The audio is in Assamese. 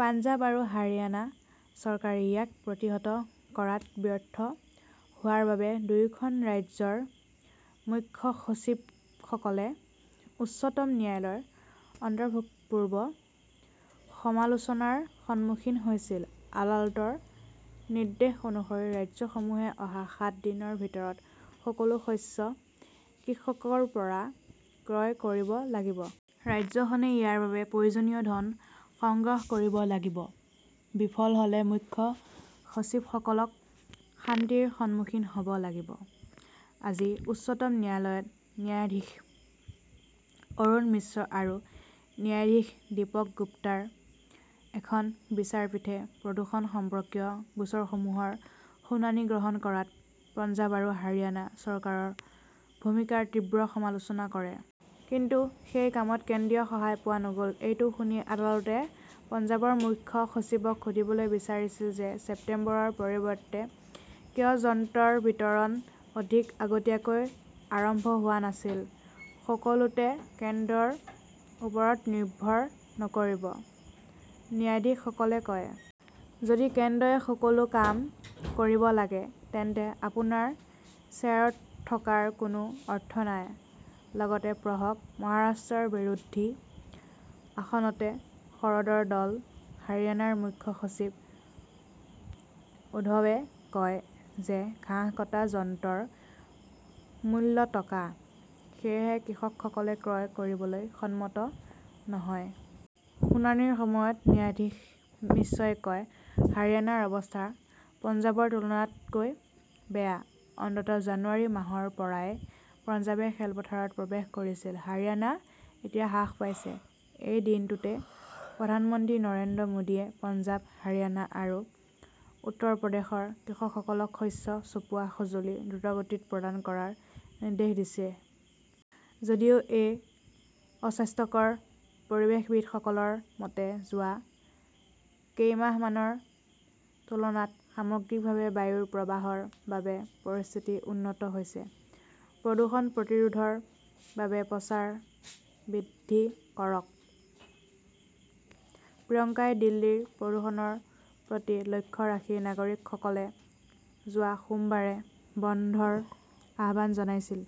পঞ্জাৱ আৰু হাৰিয়ানা চৰকাৰে ইয়াক প্ৰতিহত কৰাত ব্যৰ্থ হোৱাৰ বাবে দুয়োখন ৰাজ্যৰ মুখ্য সচিবসকলে উচ্চতম ন্যায়ালয়ৰ অভূতপূৰ্ব সমালোচনাৰ সন্মুখীন হৈছিল। আদালতৰ নিৰ্দেশ অনুসৰি ৰাজ্যসমূহে অহা সাত দিনৰ ভিতৰত সকলো শস্য কৃষকৰ পৰা ক্ৰয় কৰিব লাগিব। ৰাজ্যখনে ইয়াৰ বাবে প্ৰয়োজনীয় ধন সংগ্ৰহ কৰিব লাগিব। বিফল হ'লে মুখ্য সচিবসকলক শাস্তিৰ সন্মুখীন হ" ব লাগিব। আজি উচ্চতম ন্যায়ালয়ত ন্যায়াধীশ অৰুণ মিশ্ৰ আৰু ন্যায়াধীশ দীপক গুপ্তাৰ এখন বিচাৰপীঠে প্ৰদূষণ সম্পৰ্কীয় গোচৰসমূহৰ শুনানি গ্ৰহণ কৰাত পঞ্জাৱ আৰু হাৰিয়ানা চৰকাৰৰ ভূমিকাৰ তীব্ৰ সমালোচনা কৰে। কিন্তু সেই কামত কেন্দ্ৰীয় সহায় পোৱা নগ'ল। এইটো শুনি আদালতে পঞ্জাৱৰ মুখ্য সচিবক সুধিবলৈ বিচাৰিছিল যে ছেপ্টেম্বৰৰ পৰিৱৰ্তে কিয় যন্ত্ৰৰ বিতৰণ অধিক আগতীয়াকৈ আৰম্ভ হোৱা নাছিল। "সকলোতে কেন্দ্ৰৰ ওপৰত নিৰ্ভৰ নকৰিব", ন্যায়াধীশসকলে কয়। যদি কেন্দ্ৰই সকলো কাম কৰিব লাগে, তেন্তে আপোনাৰ চেয়াৰত থকাৰ কোনো অৰ্থ নাই। লগতে পঢ়কঃ মহাৰাষ্ট্ৰৰ বিৰোধী আসনতে শৰদৰ দল, হাৰিয়ানাৰ মুখ্য সচিব উদ্ধৱে কয় যে ঘাঁহ কটা যন্ত্ৰৰ মূল্য টকা। সেয়েহে কৃষকসকলে ক্ৰয় কৰিবলৈ সন্মত নহয়। শুনানিৰ সময়ত ন্যায়াধীশ মিশ্ৰই কয়, "হাৰিয়ানাৰ অৱস্থা পঞ্জাৱৰ তুলনাতকৈ বেয়া। অন্ততঃ জানুৱাৰী মাহৰ পৰাই পঞ্জাৱে খেলপথাৰত প্ৰৱেশ কৰিছিল। হাৰিয়ানা এতিয়া হ্ৰাস পাইছে। "এই দিনটোতে প্ৰধানমন্ত্ৰী নৰেন্দ্ৰ মোদীয়ে পঞ্জাৱ, হাৰিয়ানা আৰু উত্তৰ প্ৰদেশৰ কৃষকসকলক শস্য চপোৱা সঁজুলি দ্ৰুতগতিত প্ৰদান কৰাৰ নিৰ্দেশ দিছে। যদিও ই অস্বাস্থ্যকৰ, পৰিৱেশবিদসকলৰ মতে যোৱা কেইমাহমানৰ তুলনাত সামগ্ৰিকভাৱে বায়ুৰ প্ৰবাহৰ বাবে পৰিস্থিতি উন্নত হৈছে। প্ৰদূষণ প্ৰতিৰোধৰ বাবে প্ৰচাৰ বৃদ্ধি কৰকঃ প্ৰিয়ংকাই দিল্লীৰ প্ৰদূষণৰ প্ৰতি লক্ষ্য ৰাখি নাগৰিকসকলে যোৱা সোমবাৰে বন্ধৰ আহ্বান জনাইছিল।